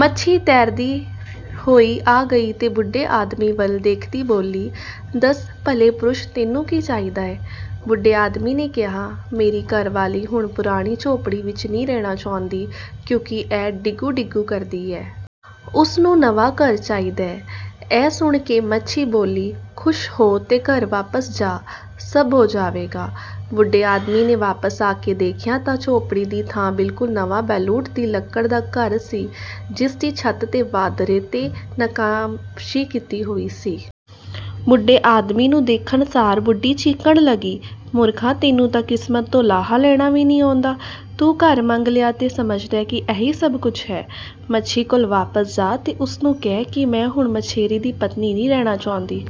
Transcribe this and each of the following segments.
ਮੱਛੀ ਤੈਰਦੀ ਹੋਈ ਆ ਗਈ ਤੇ ਬੁੱਢੇ ਆਦਮੀ ਵੱਲ ਦੇਖਦੀ ਬੋਲੀ, ''ਦੱਸ, ਭਲੇ ਪੁਰਸ਼ ਤੈਨੂੰ ਕੀ ਚਾਹੀਦੈ? " ਬੁੱਢੇ ਆਦਮੀ ਨੇ ਕਿਹਾ,''ਮੇਰੀ ਘਰਵਾਲੀ ਹੁਣ ਪੁਰਾਣੀ ਝੌਂਪੜੀ ਵਿੱਚ ਨ੍ਹੀਂ ਰਹਿਣਾ ਚਾਹੁੰਦੀ ਕਿਉਂਕਿ ਇਹ ਡਿਗੂੰ-ਡਿਗੂੰ ਕਰਦੀ ਐ। ਉਸ ਨੂੰ ਨਵਾਂ ਘਰ ਚਾਹੀਦੈ। " ਇਹ ਸੁਣ ਕੇ ਮੱਛੀ ਬੋਲੀ,''ਖ਼ੁਸ਼ ਹੋ ਤੇ ਘਰ ਵਾਪਸ ਜਾਹ। ਸਭ ਹੋ ਜਾਵੇਗਾ। " ਬੁੱਢੇ ਆਦਮੀ ਨੇ ਵਾਪਸ ਆ ਕੇ ਦੇਖਿਆ ਤਾਂ ਝੌਂਪੜੀ ਦੀ ਥਾਂ ਬਿਲਕੁਲ ਨਵਾਂ ਬੈਲੂਤ ਦੀ ਲੱਕੜ ਦਾ ਘਰ ਸੀ ਜਿਸ ਦੀ ਛੱਤ ਦੇ ਵਾਧਰੇ 'ਤੇ ਨਕਾਸ਼ੀ ਕੀਤੀ ਹੋਈ ਸੀ। ਬੁੱਢੇ ਆਦਮੀ ਨੂੰ ਦੇਖਣ ਸਾਰ ਬੁੱਢੀ ਚੀਕਣ ਲੱਗੀ, ''ਮੂਰਖਾ, ਤੈਨੂੰ ਤਾਂ ਕਿਸਮਤ ਤੋਂ ਲਾਹਾ ਲੈਣਾ ਵੀ ਨ੍ਹੀਂ ਆਉਂਦਾ। ਤੂੰ ਘਰ ਮੰਗ ਲਿਆ ਤੇ ਸਮਝਦੈਂ ਕਿ ਇਹੀ ਸਭ ਕੁਝ ਹੈ। ਮੱਛੀ ਕੋਲ ਵਾਪਸ ਜਾਹ ਤੇ ਉਸ ਨੂੰ ਕਹਿ ਕਿ ਮੈਂ ਹੁਣ ਮਛੇਰੇ ਦੀ ਪਤਨੀ ਨ੍ਹੀਂ ਰਹਿਣਾ ਚਾਹੁੰਦੀ।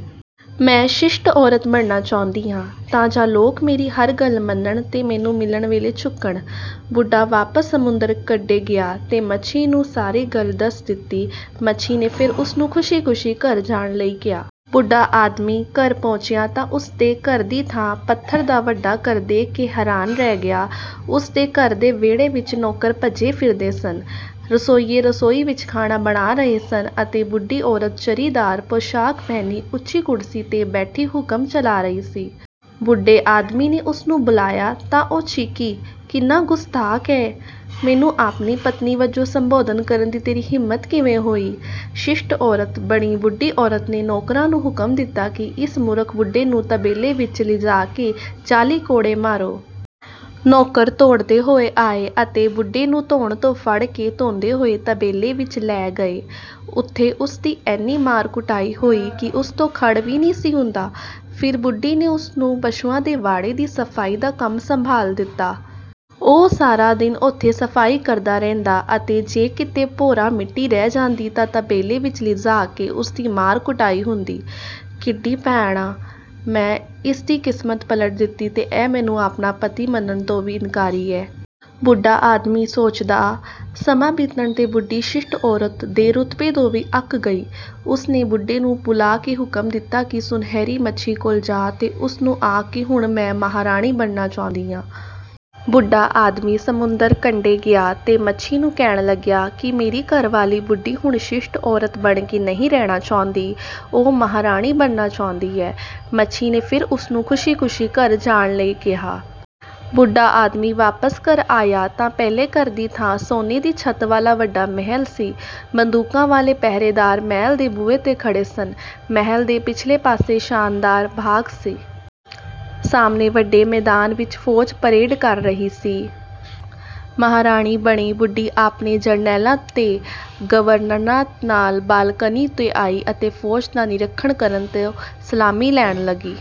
ਮੈਂ ਸ਼ਿਸ਼ਟ ਔਰਤ ਬਣਨਾ ਚਾਹੁੰਦੀ ਹਾਂ ਤਾਂ ਜੋ ਲੋਕ ਮੇਰੀ ਹਰ ਗੱਲ ਮੰਨਣ ਤੇ ਮੈਨੂੰ ਮਿਲਣ ਵੇਲੇ ਝੁਕਣ। " ਬੁੱਢਾ ਵਾਪਸ ਸਮੁੰਦਰ ਕੰਢੇ ਗਿਆ ਤੇ ਮੱਛੀ ਨੂੰ ਸਾਰੀ ਗੱਲ ਦੱਸ ਦਿੱਤੀ। ਮੱਛੀ ਨੇ ਫਿਰ ਉਸ ਨੂੰ ਖ਼ੁਸ਼ੀ ਖ਼ੁਸ਼ੀ ਘਰ ਜਾਣ ਲਈ ਕਿਹਾ। ਬੁੱਢਾ ਆਦਮੀ ਘਰ ਪਹੁੰਚਿਆ ਤਾਂ ਉਸ ਦੇ ਘਰ ਦੀ ਥਾਂ ਪੱਥਰ ਦਾ ਵੱਡਾ ਘਰ ਦੇਖ ਕੇ ਹੈਰਾਨ ਰਹਿ ਗਿਆ। ਉਸ ਦੇ ਘਰ ਦੇ ਵਿਹੜੇ ਵਿੱਚ ਨੌਕਰ ਭੱਜੇ ਫਿਰਦੇ ਸਨ। ਰਸੋਈਏ ਰਸੋਈ ਵਿੱਚ ਖਾਣਾ ਬਣਾ ਰਹੇ ਸਨ ਅਤੇ ਬੁੱਢੀ ਔਰਤ ਜ਼ਰੀਦਾਰ ਪੋਸ਼ਾਕ ਪਹਿਨੀ ਉੱਚੀ ਕੁਰਸੀ 'ਤੇ ਬੈਠੀ ਹੁਕਮ ਚਲਾ ਰਹੀ ਸੀ। ਬੁੱਢੇ ਆਦਮੀ ਨੇ ਉਸ ਨੂੰ ਬੁਲਾਇਆ ਤਾਂ ਉਹ ਚੀਕੀ, ''ਕਿੰਨਾ ਗੁਸਤਾਖ਼ ਐਂ! ਮੈਨੂੰ ਆਪਣੀ ਪਤਨੀ ਵਜੋਂ ਸੰਬੋਧਨ ਕਰਨ ਦੀ ਤੇਰੀ ਹਿੰਮਤ ਕਿਵੇਂ ਹੋਈ? " ਸ਼ਿਸ਼ਟ ਔਰਤ ਬਣੀ ਬੁੱਢੀ ਔਰਤ ਨੇ ਨੌਕਰਾਂ ਨੂੰ ਹੁਕਮ ਦਿੱਤਾ ਕਿ ਇਸ ਮੂਰਖ ਬੁੱਢੇ ਨੂੰ ਤਬੇਲੇ ਵਿੱਚ ਲਿਜਾ ਕੇ ਚਾਲੀ ਕੋੜੇ ਮਾਰੋ। ਨੌਕਰ ਦੌੜਦੇ ਹੋਏ ਆਏ ਅਤੇ ਬੁੱਢੇ ਨੂੰ ਧੌਣ ਤੋਂ ਫੜ੍ਹ ਕੇ ਧੂੰਹਦੇ ਹੋਏ ਤਬੇਲੇ ਵਿੱਚ ਲੈ ਗਏ। ਉੱਥੇ ਉਸ ਦੀ ਐਨੀ ਮਾਰ-ਕੁਟਾਈ ਹੋਈ ਕਿ ਉਸ ਤੋਂ ਖੜ੍ਹ ਵੀ ਨਹੀਂ ਸੀ ਹੁੰਦਾ। ਫਿਰ ਬੁੱਢੀ ਨੇ ਉਸ ਨੂੰ ਪਸ਼ੂਆਂ ਦੇ ਵਾੜੇ ਦੀ ਸਫ਼ਾਈ ਦਾ ਕੰਮ ਸੰਭਾਲ ਦਿੱਤਾ। ਉਹ ਸਾਰਾ ਦਿਨ ਉੱਥੇ ਸਫ਼ਾਈ ਕਰਦਾ ਰਹਿੰਦਾ ਅਤੇ ਜੇ ਕਿਤੇ ਭੋਰਾ ਮਿੱਟੀ ਰਹਿ ਜਾਂਦੀ ਤਾਂ ਤਬੇਲੇ ਵਿੱਚ ਲਿਜਾ ਕੇ ਉਸ ਦੀ ਮਾਰ-ਕੁਟਾਈ ਹੁੰਦੀ। ''ਕਿੱਡੀ ਡੈਣ ਆ? ਮੈਂ ਇਸ ਦੀ ਕਿਸਮਤ ਪਲਟ ਦਿੱਤੀ ਤੇ ਇਹ ਮੈਨੂੰ ਆਪਣਾ ਪਤੀ ਮੰਨਣ ਤੋਂ ਵੀ ਇਨਕਾਰੀ ਐ। " ਬੁੱਢਾ ਆਦਮੀ ਸੋਚਦਾ। ਸਮਾਂ ਬੀਤਣ 'ਤੇ ਬੁੱਢੀ ਸ਼ਿਸ਼ਟ ਔਰਤ ਦੇ ਰੁਤਬੇ ਤੋਂ ਵੀ ਅੱਕ ਗਈ। ਉਸ ਨੇ ਬੁੱਢੇ ਨੂੰ ਬੁਲਾ ਕੇ ਹੁਕਮ ਦਿੱਤਾ ਕਿ ਸੁਨਹਿਰੀ ਮੱਛੀ ਕੋਲ ਜਾਹ ਤੇ ਉਸ ਨੂੰ ਆਖ ਕਿ ਹੁਣ ਮੈਂ ਮਹਾਰਾਣੀ ਬਣਨਾ ਚਾਹੁੰਦੀ ਹਾਂ। ਬੁੱਢਾ ਆਦਮੀ ਸਮੁੰਦਰ ਕੰਢੇ ਗਿਆ ਤੇ ਮੱਛੀ ਨੂੰ ਕਹਿਣ ਲੱਗਿਆ ਕਿ ਮੇਰੀ ਘਰਵਾਲੀ ਬੁੱਢੀ ਹੁਣ ਸ਼ਿਸ਼ਟ ਔਰਤ ਬਣ ਕੇ ਨਹੀਂ ਰਹਿਣਾ ਚਾਹੁੰਦੀ। ਉਹ ਮਹਾਰਾਣੀ ਬਣਨਾ ਚਾਹੁੰਦੀ ਐ। ਮੱਛੀ ਨੇ ਫਿਰ ਉਸ ਨੂੰ ਖ਼ੁਸ਼ੀ ਖ਼ੁਸ਼ੀ ਘਰ ਜਾਣ ਲਈ ਕਿਹਾ। ਬੁੱਢਾ ਆਦਮੀ ਵਾਪਸ ਘਰ ਆਇਆ ਤਾਂ ਪਹਿਲੇ ਘਰ ਦੀ ਥਾਂ ਸੋਨੇ ਦੀ ਛੱਤ ਵਾਲਾ ਵੱਡਾ ਮਹਿਲ ਸੀ। ਬੰਦੂਕਾਂ ਵਾਲੇ ਪਹਿਰੇਦਾਰ ਮਹਿਲ ਦੇ ਬੂਹੇ 'ਤੇ ਖੜ੍ਹੇ ਸਨ। ਮਹਿਲ ਦੇ ਪਿਛਲੇ ਪਾਸੇ ਸ਼ਾਨਦਾਰ ਬਾਗ਼ ਸੀ। ਸਾਹਮਣੇ ਵੱਡੇ ਮੈਦਾਨ ਵਿੱਚ ਫ਼ੌਜ ਪਰੇਡ ਕਰ ਰਹੀ ਸੀ। ਮਹਾਰਾਣੀ ਬਣੀ ਬੁੱਢੀ ਆਪਣੇ ਜਰਨੈਲਾਂ ਤੇ ਗਵਰਨਰਾਂ ਨਾਲ ਬਾਲਕੋਨੀ 'ਤੇ ਆਈ ਅਤੇ ਫ਼ੌਜ ਦਾ ਨਿਰੀਖਣ ਕਰਨ ਤੇ ਸਲਾਮੀ ਲੈਣ ਲੱਗੀ।